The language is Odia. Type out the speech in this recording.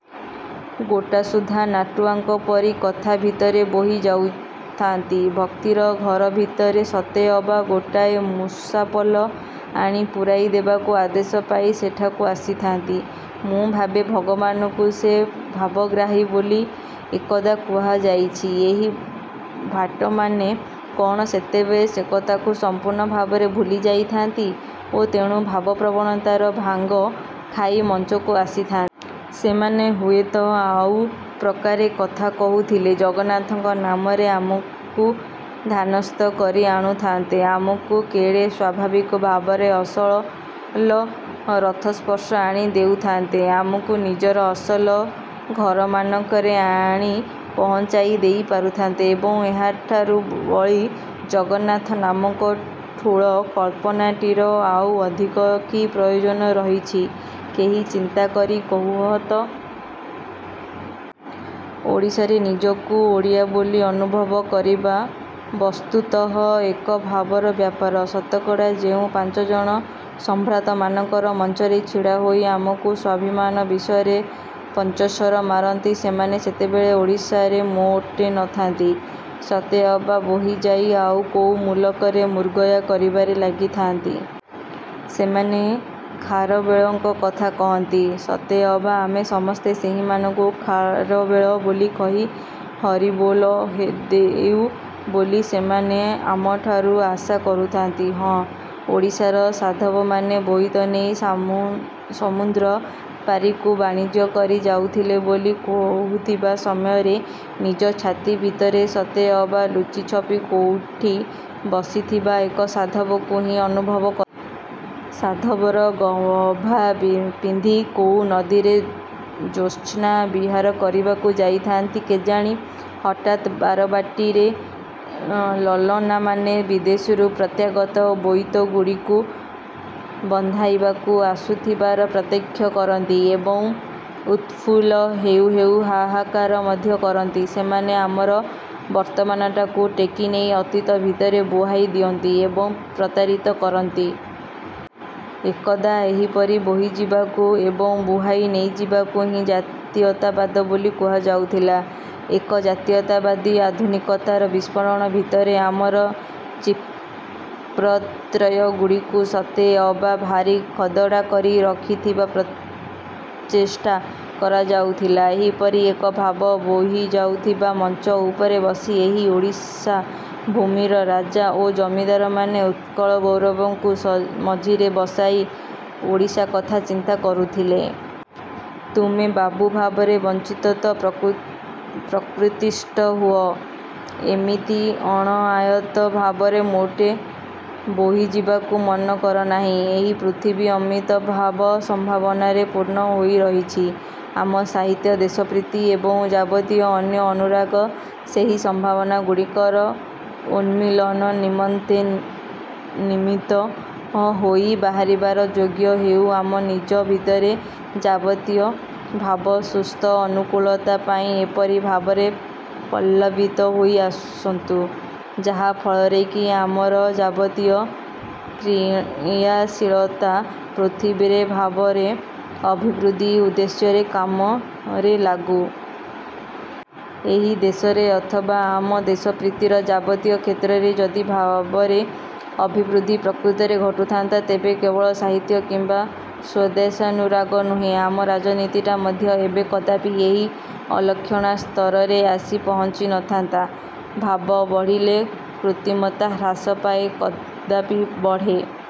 ଗୋଟାସୁଦ୍ଧା ନାଟୁଆଙ୍କ ପରି କଥା ଭିତରେ ବୋହି ଯାଉଥାନ୍ତି। ଭକ୍ତିର ଘର ଭିତରେ ସତେ ଅବା ଗୋଟାଏ ମୂଷାପଲ ଆଣି ପୂରାଇ ଦେବାକୁ ଆଦେଶ ପାଇ ସେଠାକୁ ଆସିଥାନ୍ତି। ମୁଁ ଭାବେ, ଭଗବାନଙ୍କୁ ଯେ ଭାବଗ୍ରାହୀ ବୋଲି ଏକଦା କୁହାଯାଇଛି, ଏହି ଭାଟମାନେ କ'ଣ ସେତେବେଳେ ସେକଥାକୁ ସଂପୂର୍ଣ୍ଣ ଭାବରେ ଭୁଲି ଯାଇଥାନ୍ତି ଓ ତେଣୁ ଭାବପ୍ରବଣତାର ଭାଙ୍ଗ ଖାଇ ମଞ୍ଚକୁ ଆସିଥାନ୍ତି? ସେମାନେ ହୁଏତ ଆଉ ପ୍ରକାରେ କଥା କହୁଥିଲେ ଜଗନ୍ନାଥଙ୍କ ନାମରେ ଆମକୁ ଧ୍ୟାନସ୍ଥ କରି ଆଣୁଥାନ୍ତେ। ଆମକୁ କେଡ଼େ ସ୍ୱାଭାବିକ ଭାବରେ ଅସଲ ରଥସ୍ପର୍ଶ ଆଣି ଦେଉଥାନ୍ତେ। ଆମକୁ ନିଜର ଅସଲ ଘରମାନଙ୍କରେ ଆଣି ପହଞ୍ଚାଇ ଦେଇ ପାରୁଥାନ୍ତେ। ଏବଂ, ଏହାଠାରୁ ବଳି ଜଗନ୍ନାଥ ନାମକ ଠୁଳ କଳ୍ପନାଟିର ଆଉ ଅଧିକ କି ପ୍ରୟୋଜନ ରହିଛି, କେହି ଚିନ୍ତା କରି କହୁ ତ! ଓଡ଼ିଶାରେ ନିଜକୁ ଓଡ଼ିଆ ବୋଲି ଅନୁଭବ କରିବା ବସ୍ତୁତଃ ଏକ ଭାବର ବ୍ୟାପାର। ଶତକଡ଼ା ଯେଉଁ ପାଞ୍ଚଜଣ ସମ୍ଭ୍ରାନ୍ତମାନଙ୍କର ମଞ୍ଚରେ ଛିଡ଼ା ହୋଇ ଆମକୁ ସ୍ୱାଭିମାନ ବିଷୟରେ ପଞ୍ଚଶର ମାରନ୍ତି, ସେମାନେ ସେତେବେଳେ ଓଡ଼ିଶାରେ ମୋଟେ ନଥାନ୍ତି, ସତେ ଅବା ବୋହିଯାଇ ଆଉ କୋଉ ମୁଲକରେ ମୃଗୟା କରିବାରେ ଲାଗିଥାନ୍ତି। ସେମାନେ ଖାରବେଳଙ୍କ କଥା କହନ୍ତି- ସତେଅବା ଆମେ ସମସ୍ତେ ସେହିମାନଙ୍କୁ ଖାରବେଳ ବୋଲି କହି ହରିବୋଲ ଦେଉ ବୋଲି ସେମାନେ ଆମଠାରୁ ଆଶା କରୁଥାନ୍ତି। ହଁ, ଓଡ଼ିଶାର ସାଧବମାନେ ବୋଇତ ନେଇ ସମୁଦ୍ରପାରିକୁ ବାଣିଜ୍ୟ କରି ଯାଉଥିଲେ ବୋଲି କହୁଥିବା ସମୟରେ ନିଜ ଛାତି ଭିତରେ ସତେ ଅବା ଲୁଚି ଛପି କୋଉଠି ବସିଥିବା ଏକ ସାଧବକୁ ହିଁ ଅନୁଭବ କରନ୍ତି। ସାଧବର ଗଭା ପିନ୍ଧି କୋଉ ନଦୀରେ ଜ୍ୟୋତ୍ସ୍ନା ବିହାର କରିବାକୁ ଯାଇଥାନ୍ତି କେଜାଣି, ହଠାତ୍ ବାରବାଟୀରେ ଲଳନାମାନେ ବିଦେଶରୁ ପ୍ରତ୍ୟାଗତ ବୋଇତଗୁଡ଼ିକୁ ବନ୍ଦାଇବାକୁ ଆସୁଥିବାର ପ୍ରତ୍ୟକ୍ଷ କରନ୍ତି ଏବଂ ଉତ୍ଫୁଲ୍ଲ ହେଉ ହେଉ ହାହାକାର ମଧ୍ୟ କରନ୍ତି। ସେମାନେ ଆମର ବର୍ତ୍ତମାନଟାକୁ ଟେକିନେଇ ଅତୀତ ଭିତରେ ବୁହାଇ ଦିଅନ୍ତି ଏବଂ ପ୍ରତାରିତ କରନ୍ତି। ଏକଦା ଏହିପରି ବୋହିଯିବାକୁ ଏବଂ ବୁହାଇ ନେଇଯିବାକୁ ହିଁ ଜାତୀୟତାବାଦ ବୋଲି କୁହାଯାଉଥିଲା। ଏକ ଜାତୀୟତାବାଦୀ ଆଧୁନିକତାର ବିସ୍ମରଣ ଭିତରେ ଆମର ଚିତ୍ପ୍ରତ୍ୟୟଗୁଡ଼ିକୁ ସତେ ଅବା ଭାରି ଖଦଡ଼ା କରି ରଖିବାର ପ୍ରଚେଷ୍ଟା କରାଯାଉଥିଲା। ଏହିପରି ଏକ ଭାବ ବୋହିଯାଉଥିବା ମଞ୍ଚ ଉପରେ ବସି ଏହି ଓଡ଼ିଶା ଭୂମିର ରାଜା ଓ ଜମିଦାରମାନେ ଉତ୍କଳଗୌରବଙ୍କୁ ମଝିରେ ବସାଇ ଓଡ଼ିଶା କଥା ଚିନ୍ତା କରୁଥିଲେ। ତୁମେ ବାବୁ ଭାବରେ ବଞ୍ଚିବ ତ ପ୍ରକୃତିସ୍ଥ ହୁଅ। ଏମିତି ଅଣଆୟତ୍ତ ଭାବରେ ମୋଟେ ବୋହିଯିବାକୁ ମନ କରନାହିଁ। ଏହି ପୃଥିବୀ ଅମିତ ଭାବ-ସମ୍ଭାବନାରେ ପୂର୍ଣ୍ଣ ହୋଇରହିଛି। ଆମ ସାହିତ୍ୟ, ଦେଶପ୍ରୀତି ଏବଂ ଯାବତୀୟ ଅନ୍ୟ ଅନୁରାଗ ସେହି ସମ୍ଭାବନାଗୁଡ଼ିକର ଉନ୍ମୀଳନ ନିମନ୍ତେ ନିମିତ୍ତ ହୋଇ ବାହାରିବାର ଯୋଗ୍ୟ ହେଉ ଆମ ନିଜ ଭିତରେ ଯାବତୀୟ ଭାବ ସୁସ୍ଥ ଅନୁକୂଳତା ପାଇ ଏପରି ଭାବରେ ପଲ୍ଲବିତ ହୋଇ ଆସନ୍ତୁ, ଯାହା ଫଳରେ କି ଆମର ଯାବତୀୟ କ୍ରିୟାଶୀଳତା ପୃଥିବୀରେ ଭାବର ଅଭିବୃଦ୍ଧି ଉଦ୍ଦେଶ୍ୟରେ କାମରେ ଲାଗୁ। ଏହି ଦେଶରେ ଅଥବା ଆମ ଦେଶପ୍ରୀତିର ଯାବତୀୟ କ୍ଷେତ୍ରରେ ଯଦି ଭାବରେ ଅଭିବୃଦ୍ଧି ପ୍ରକୃତରେ ଘଟୁଥାନ୍ତା, ତେବେ କେବଳ ସାହିତ୍ୟ କିମ୍ବା ସ୍ୱଦେଶାନୁରାଗ ନୁହେଁ, ଆମ ରାଜନୀତିଟା ମଧ୍ୟ ଏବେ କଦାପି ଏହି ଅଲକ୍ଷଣା ସ୍ତରରେ ଆସି ପହଞ୍ଚି ନଥାନ୍ତା। ଭାବ ବଢ଼ିଲେ କୃତ୍ରିମତା ହ୍ରାସ ପାଏ, କଦାପି ବଢ଼େ